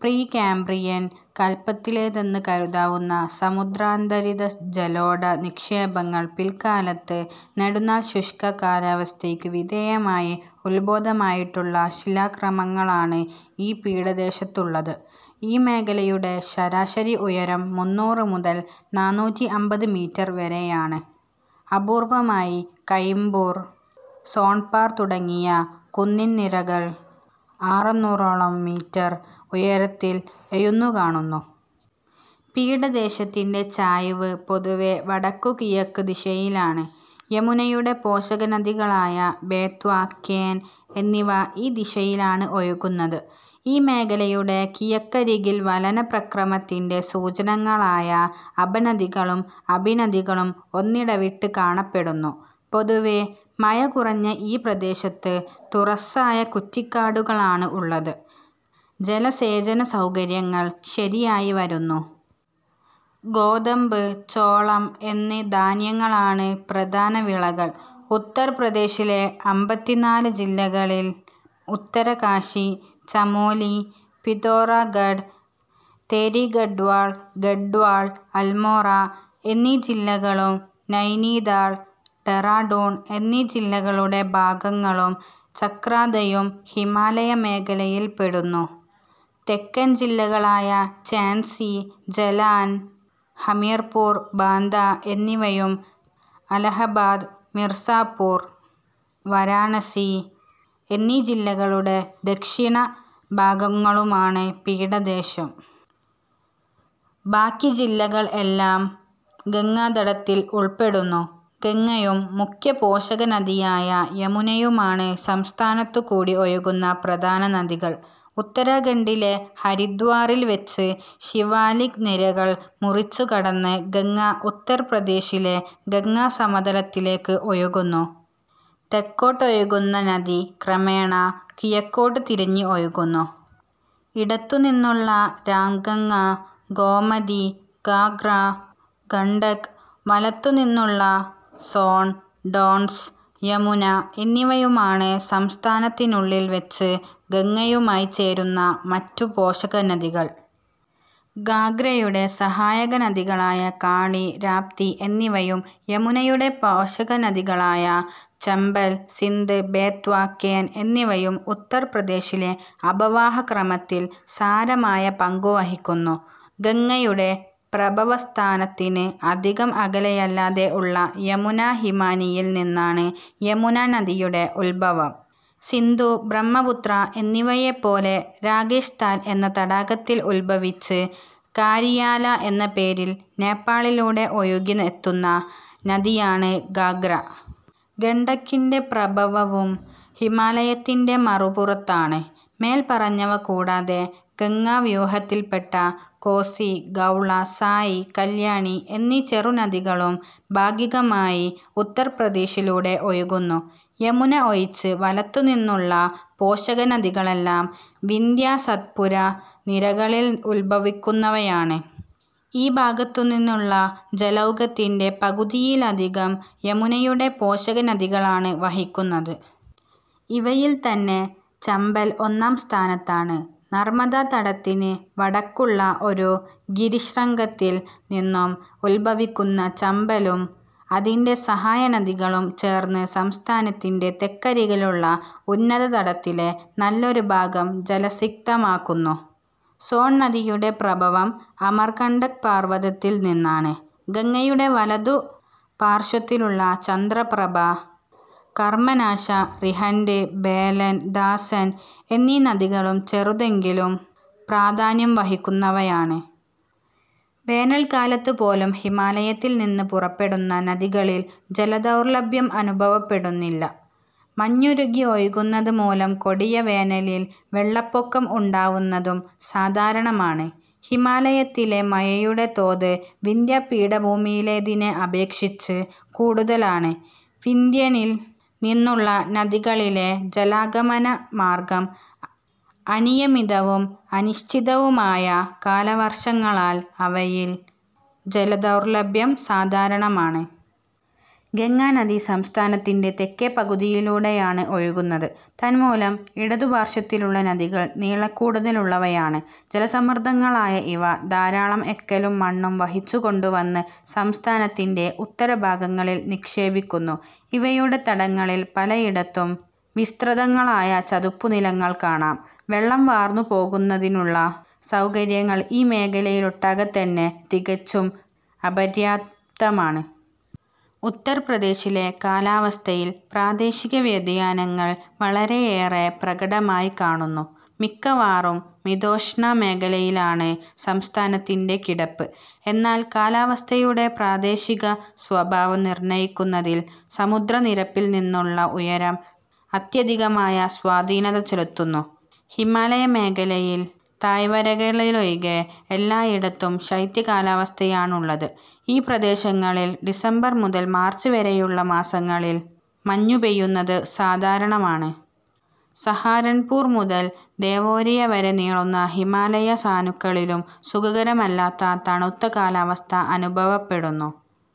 Pre Cambrian കൽപ്പത്തിലേതെന്ന് കരുതാവുന്ന സമുദ്രാന്തരിത ജലോഢ നിക്ഷേപങ്ങൾ പിൽക്കാലത്ത് നെടുനാൾ ശുഷ്ക കാലാവസ്ഥയ്ക്ക് വിധേയമായി ഉദ്ഭൂതമായിട്ടുള്ള ശിലാക്രമങ്ങളാണ് ഈ പീഠദേശത്തുള്ളത്. ഈ മേഖലയുടെ ശരാശരി ഉയരം മൂന്നൂറ് മുതൽ നാനൂറ്റി അമ്പത് മീറ്റർ വരെയാണ്. അപൂർവമായി കയിംപൂർ, സോൺപാർ തുടങ്ങിയ കുന്നിൻ നിരകൾ ആറന്നൂറോളം മീറ്റർ ഉയരത്തിൽ എഴുന്നു കാണുന്നു. പീഠദേശത്തിൻ്റെ ചായ്‌വ് പൊതുവേ വടക്കുകിഴക്ക് ദിശയിലാണ്. യമുനയുടെ പോഷകനദികളായ ബേത്വ, കേൻ എന്നിവ ഈ ദിശയിലാണ് ഒഴുകുന്നത്. ഈ മേഖലയുടെ കിഴക്കരികിൽ വലന പ്രക്രമത്തിൻ്റെ സൂചകങ്ങളായ അപനതികളും അഭിനദികളും ഒന്നിടവിട്ട് കാണപ്പെടുന്നു. പൊതുവേ മഴ കുറഞ്ഞ ഈ പ്രദേശത്ത് തുറസ്സായ കുറ്റിക്കാടുകളാണ് ഉള്ളത്. ജലസേചന സൗകര്യങ്ങൾ ശരിയായി വരുന്നു. ഗോതമ്പ്, ചോളം എന്നീ ധാന്യങ്ങളാണ് പ്രധാന വിളകൾ. ഉത്തർപ്രദേശിലെ അമ്പത്തിനാല് ജില്ലകളിൽ ഉത്തരകാശി, ചമോലി, പിതോറാഗഡ്, തേരീഗഡ്വാൾ, ഗഡ്വാൾ, അൽമോറ എന്നീ ജില്ലകളും നൈനീതാൾ, ഡെറാഡൂൺ എന്നീ ജില്ലകളുടെ ഭാഗങ്ങളും ചക്രാതയും ഹിമാലയ മേഖലയിൽ പെടുന്നു. തെക്കൻ ജില്ലകളായ ഝാൻസി, ജലാൻ, ഹമീർപൂർ, ബാന്ദ എന്നിവയും അലഹബാദ്, മിർസാപൂർ, വരാണസി എന്നീ ജില്ലകളുടെ ദക്ഷിണ ഭാഗങ്ങളുമാണ് പീഠദേശം. ബാക്കി ജില്ലകൾ എല്ലാം ഗംഗാതടത്തിൽ ഉൾപ്പെടുന്നു. ഗംഗയും മുഖ്യ പോഷകനദിയായ യമുനയുമാണ് സംസ്ഥാനത്തു കൂടി ഒഴുകുന്ന പ്രധാന നദികൾ. ഉത്തരാഖണ്ഡിലെ ഹരിദ്വാറിൽ വച്ച് ശിവാലിക് നിരകൾ മുറിച്ചു കടന്ന്, ഗംഗ, ഉത്തർപ്രദേശിലെ ഗംഗാ സമതലത്തിലേക്ക് ഒഴുകുന്നു. തെക്കോട്ടൊഴുകുന്ന നദി ക്രമേണ കിഴക്കോട്ട് തിരിഞ്ഞ് ഒഴുകുന്നു. ഇടത്തു നിന്നുള്ള രാംഗംഗ, ഗോമതി, ഘാഘ്ര, ഗണ്ഡക്, വലത്തു നിന്നുള്ള സോൺ, ടോൺസ്, യമുന എന്നിവയുമാണ് സംസ്ഥാനത്തിനുള്ളിൽ വച്ച് ഗംഗയുമായി ചേരുന്ന മറ്റു പോഷകനദികൾ. ഘാഘ്രയുടെ സഹായക നദികളായ കാളി, രാപ്തി എന്നിവയും യമുനയുടെ പോഷകനദികളായ ചംബൽ, സിന്ധ്, ബേത്വ, കേൻ എന്നിവയും ഉത്തർപ്രദേശിലെ അപവാഹ ക്രമത്തിൽ സാരമായ പങ്കു വഹിക്കുന്നു. ഗംഗയുടെ പ്രഭവസ്ഥാനത്തിന് അധികം അകലെയല്ലാതെ ഉള്ള യമുനാ ഹിമാനിയിൽ നിന്നാണ് യമുനാ നദിയുടെ ഉദ്ഭവം. സിന്ധു, ബ്രഹ്മപുത്ര എന്നിവയെ പോലെ രാകേഷ്താൽ എന്ന തടാകത്തിൽ ഉദ്ഭവിച്ച് കാരിയാല എന്ന പേരിൽ നേപ്പാളിലൂടെ ഒഴുകി എത്തുന്ന നദിയാണ് ഘാഘ്ര. ഗണ്ഡക്കിൻ്റെ പ്രഭവവും ഹിമാലയത്തിൻ്റെ മറുപുറത്താണ്. മേൽപ്പറഞ്ഞവ കൂടാതെ ഗംഗാ വ്യൂഹത്തിൽപ്പെട്ട കോസി, ഗൗള, സായി, കല്യാണി എന്നീ ചെറുനദികളും ഭാഗികമായി ഉത്തർപ്രദേശിലൂടെ ഒഴുകുന്നു. യമുന ഒഴിച്ച് വലത്തു നിന്നുള്ള പോഷകനദികളെല്ലാം വിന്ധ്യാ സത്പുരാ നിരകളിൽ ഉദ്ഭവിക്കുന്നവയാണ്. ഈ ഭാഗത്തു നിന്നുള്ള ജലൗഘത്തിൻ്റെ പകുതിയിലധികം യമുനയുടെ പോഷകനദികളാണ് വഹിക്കുന്നത്. ഇവയിൽത്തന്നെ ചംബൽ ഒന്നാം സ്ഥാനത്താണ്. നർമദാ തടത്തിന് വടക്കുള്ള ഒരു ഗിരിശൃംഗത്തിൽ നിന്നും ഉദ്ഭവിക്കുന്ന ചംബലും അതിൻ്റെ സഹായ നദികളും ചേർന്ന് സംസ്ഥാനത്തിൻ്റെ തെക്കരികിലുള്ള ഉന്നത തടത്തിലെ നല്ലൊരു ഭാഗം ജലസിക്തമാക്കുന്നു. സോൺ നദിയുടെ പ്രഭവം അമർകണ്ടക് പർവതത്തിൽ നിന്നാണ്. ഗംഗയുടെ വലതു പാർശ്വത്തിലുള്ള ചന്ദ്രപ്രഭ, കർമനാശ, റിഹൻഡ്, ബേലൻ, ദാസൻ എന്നീ നദികളും ചെറുതെങ്കിലും പ്രാധാന്യം വഹിക്കുന്നവയാണ്. വേനൽക്കാലത്ത് പോലും ഹിമാലയത്തിൽ നിന്ന് പുറപ്പെടുന്ന നദികളിൽ ജലദൗർലഭ്യം അനുഭവപ്പെടുന്നില്ല. മഞ്ഞുരുകി ഒഴുകുന്നത് മൂലം കൊടിയ വേനലിൽ വെള്ളപ്പൊക്കം ഉണ്ടാവുന്നതും സാധാരണമാണ്. ഹിമാലയത്തിലെ മഴയുടെ തോത് വിന്ധ്യാ പീഠഭൂമിയിലേതിനെ അപേക്ഷിച്ച് കൂടുതലാണ്. വിന്ധ്യനിൽ നിന്നുള്ള നദികളിലെ ജലാഗമന മാർഗ്ഗം അനിയമിതവും അനിശ്ചിതവുമായ കാലവർഷങ്ങളാൽ അവയിൽ ജലദൗർലഭ്യം സാധാരണമാണ്. ഗംഗാനദി സംസ്ഥാനത്തിൻ്റെ തെക്കേ പകുതിയിലൂടെയാണ് ഒഴുകുന്നത്. തന്മൂലം ഇടതു പാർശ്വത്തിലുള്ള നദികൾ നീളക്കൂടുതലുള്ളവയാണ്. ജലസമൃദ്ധങ്ങളായ ഇവ ധാരാളം എക്കലും മണ്ണും വഹിച്ചു കൊണ്ടുവന്ന് സംസ്ഥാനത്തിൻ്റെ ഉത്തര ഭാഗങ്ങളിൽ നിക്ഷേപിക്കുന്നു. ഇവയുടെ തടങ്ങളിൽ പലയിടത്തും വിസ്തൃതങ്ങളായ ചതുപ്പുനിലങ്ങൾ കാണാം. വെള്ളം വാർന്നു പോകുന്നതിനുള്ള സൗകര്യങ്ങൾ ഈ മേഖലയിലൊട്ടാകെത്തന്നെ തികച്ചും അപര്യാപ്തമാണ്. ഉത്തർപ്രദേശിലെ കാലാവസ്ഥയിൽ പ്രാദേശിക വ്യതിയാനങ്ങൾ വളരെയേറെ പ്രകടമായി കാണുന്നു. മിക്കവാറും മിതോഷ്ണ മേഖലയിലാണ് സംസ്ഥാനത്തിൻ്റെ കിടപ്പ്, എന്നാൽ കാലാവസ്ഥയുടെ പ്രാദേശിക സ്വഭാവം നിർണയിക്കുന്നതിൽ സമുദ്രനിരപ്പിൽ നിന്നുള്ള ഉയരം അത്യധികമായ സ്വാധീനത ചെലുത്തുന്നു. ഹിമാലയ മേഖലയിൽ താഴ്‌വരകളിലൊഴികെ എല്ലായിടത്തും ശൈത്യ കാലാവസ്ഥയാണുള്ളത്. ഈ പ്രദേശങ്ങളിൽ ഡിസംബർ മുതൽ മാർച്ച് വരെയുള്ള മാസങ്ങളിൽ മഞ്ഞുപെയ്യുന്നത് സാധാരണമാണ്. സഹാരൻപൂർ മുതൽ ദേവോരിയ വരെ നീളുന്ന ഹിമാലയ സാനുക്കളിലും സുഖകരമല്ലാത്ത തണുത്ത കാലാവസ്ഥ അനുഭവപ്പെടുന്നു.